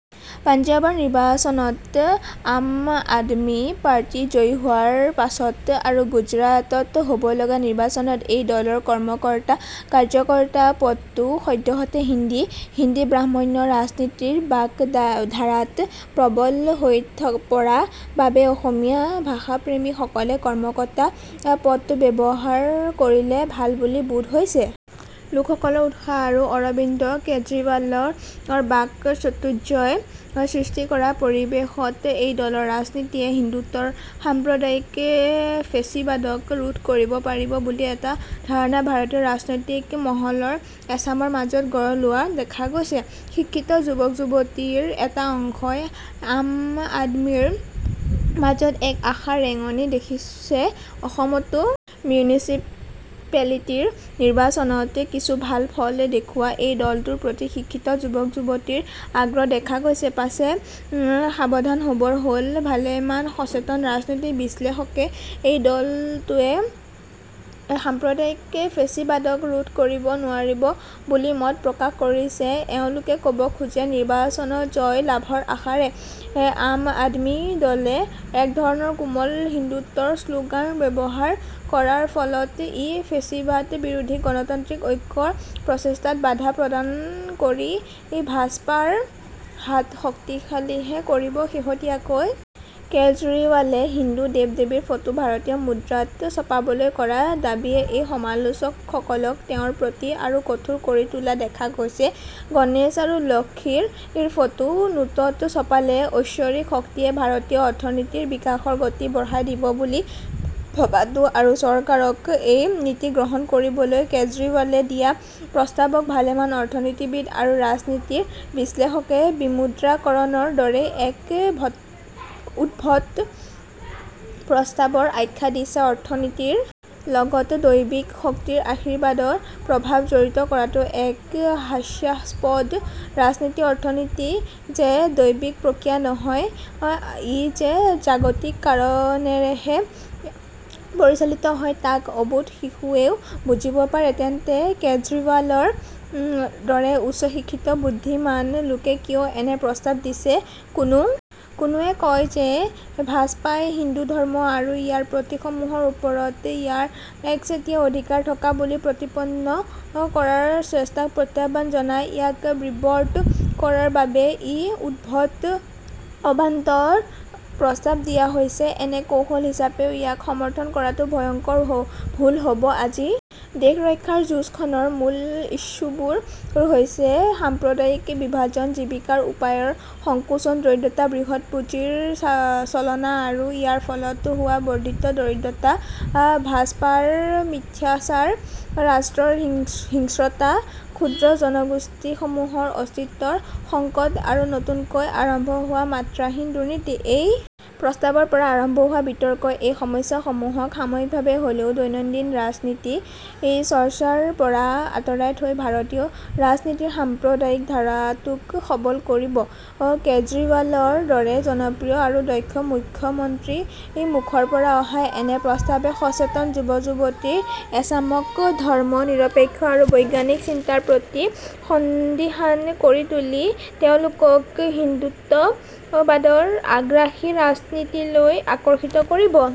পাঞ্জাবৰ নিৰ্বাচনত আম আদমী পাৰ্টি জয়ী হোৱাৰ পাছত আৰু গুজৰাটত হ'ব লগা নিৰ্বাচনত এই দলৰ কৰ্ম-কৰ্তা কাৰ্য-কৰ্তা পদটো সদ্যহতে হিন্দী। হিন্দু-ব্ৰাহ্মণ্য ৰাজনীতিৰ বাক ধাৰাত প্ৰৱল হৈ পৰা বাবে অসমীয়া ভাষা-প্ৰেমী সকলে কৰ্মকৰ্তা পদটো ব্যৱহাৰ কৰিলে ভাল বুলি বোধ হৈছে । লোক সকলৰ উৎসাহ আৰু অৰৱিন্দ কেজৰীৱালৰ বাক চতুৰ্য্যই সৃষ্টি কৰা পৰিৱেশত এই দলৰ ৰাজনীতিয়ে হিন্দুত্বৰ সাম্প্ৰদায়িক ফেচীবাদক ৰোধ কৰিব পাৰিব বুলি এটা ধাৰণা ভাৰতীয় ৰাজনৈতিক মহলৰ এচামৰ মাজত গঢ় লোৱা দেখা গৈছে। শিক্ষিত যুৱক-যুৱতীৰ এটা অংশই আম- আদমীৰ মাজত এক আশাৰ ৰেঙণি দেখিছে। অসমতো মিউনিচিপেলিটিৰ নিৰ্বাচনত কিছু ভাল ফল দেখুৱা এই দলটোৰ প্ৰতি শিক্ষিত যুৱক-যুৱতীৰ আগ্ৰহ দেখা গৈছে। পাছে সাৱধান হ'বৰ হ'ল। ভালেমান সচেতন ৰাজনৈতিক বিশ্লেষকে এই দলটোৱে সাম্প্ৰদায়িক ফেচীবাদক ৰোধ কৰিব নোৱাৰিব বুলি মত প্ৰকাশ কৰিছে। এওঁলোকে কব খোজে নিৰ্বাচনত জয় লাভৰ আশাৰে আম-আদমী দলে এক ধৰণৰ কোমল হিন্দুত্বৰ শ্লোগান ব্যৱহাৰ কৰাৰ ফলত ই ফেচীবাদ বিৰোধী গণতান্ত্ৰিক ঐক্যৰ প্ৰচেষ্টাত বাধা প্ৰদান কৰি ভাজপাৰ হাত শক্তিশালীহে কৰিব। শেহতীয়াকৈ কেজৰিৱালে হিন্দু দেৱ-দেৱীৰ ফটো ভাৰতীয় মুদ্ৰাত ছপাবলৈ কৰা দাবীয়ে এই সমালোচক সকলক তেওঁৰ প্ৰতি আৰু কঠোৰ কৰি তোলা দেখা গৈছে। গণেশ আৰু লক্ষীৰ ফটো নোটত ছপালে ঐশ্বৰিক শক্তিয়ে ভাৰতীয় অৰ্থনীতিৰ বিকাশৰ গতি বঢ়াই দিব বুলি ভৱাটো আৰু চৰকাৰক এই নীতি গ্ৰহণ কৰিবলৈ কেজৰিৱালে দিয়া প্ৰস্তাৱক ভালেমান অৰ্থনীতিবিদ আৰু ৰাজনীতিৰ বিশ্লেষকে বিমুদ্ৰা কৰণৰ দৰেই এক উদ্ভট প্ৰস্তাৱৰ আখ্যা দিছে। অৰ্থনীতিৰ লগত দৈৱিক শক্তিৰ আশীৰ্বাদৰ প্ৰভাৱ জড়িত কৰাটো এক হাস্যাস্পদ ৰাজনীতি-অৰ্থনীতি যে দৈবিক প্ৰক্ৰিয়া নহয় আৰু ই যে জাগতিক কাৰণেৰেহে পৰিচালিত হয় তাক অবোধ শিশুৱেও বুজিব পাৰে। তেন্তে কেজৰীৱালৰ দৰে উচ্চ শিক্ষিত বুদ্ধিমান লোকে কিয় এনে প্ৰস্তাৱ দিছে ।কোনো কোনোৱে কয় যে ভাজপাই হিন্দু ধৰ্ম আৰু ইয়াৰ প্ৰতীক সমূহৰ ওপৰত ইয়াৰ একচেতিয়া অধিকাৰ থকা বুলি প্ৰতিপন্ন কৰাৰ চেষ্টাক প্ৰত্যহ্বান জনাই, ইয়াক বিব্ৰত কৰাৰ বাবেই এই উদ্ভট অবান্তৰ প্ৰস্তাৱ দিয়া হৈছে। এনে কৌশল হিচাপেও ইয়াক সমৰ্থন কৰাটো ভয়ংকৰ ভুল হ'ব। আজি দেশ ৰক্ষাৰ যুঁজ খনৰ মূল ইছ্যুবোৰ হৈছে সাম্প্ৰদায়িক বিভাজন জীৱিকাৰ উপায়ৰ সংকোচন দৰিদ্ৰতা বৃহৎ পুঁজিৰ চলনা আৰু ইয়াৰ ফলত হোৱা বৰ্দ্ধিত দৰিদ্ৰতা ভাজপাৰ মিথ্যাচাৰ ৰাষ্ট্ৰৰ হিংস্ৰতা ক্ষুদ্ৰ জনগোষ্ঠী সমূহৰ অস্তিত্বৰ সংকট আৰু নতুনকৈ আৰম্ভ হোৱা মাত্ৰাহীন দুৰ্নীতি। এই প্ৰস্তাৱৰ পৰা আৰম্ভ হোৱা বিতৰ্কই এই সমস্যা সমূহক সাময়িকভাৱে হ'লেও দৈনন্দিন ৰাজনীতি চৰ্চাৰ পৰা আঁতৰাই থৈ ভাৰতীয় ৰাজনীতিৰ সাম্প্ৰদায়িক ধাৰাটোক সৱল কৰিব। কেজৰীৱালৰ দৰে জনপ্ৰিয় আৰু দক্ষ মুখ্যমন্ত্ৰীৰ মুখৰ পৰা অহা এনে প্ৰস্তাৱে সচেতন যুৱক-যুৱতীৰ এচামক ধৰ্ম নিৰপেক্ষ আৰু বৈজ্ঞানিক চিন্তাৰ প্ৰতি সন্দিহান কৰি তুলি তেওঁলোকক হিন্দুত্ববাদৰ আগ্ৰাসী ৰাজনীতিলৈ আকৰ্ষিত কৰিব।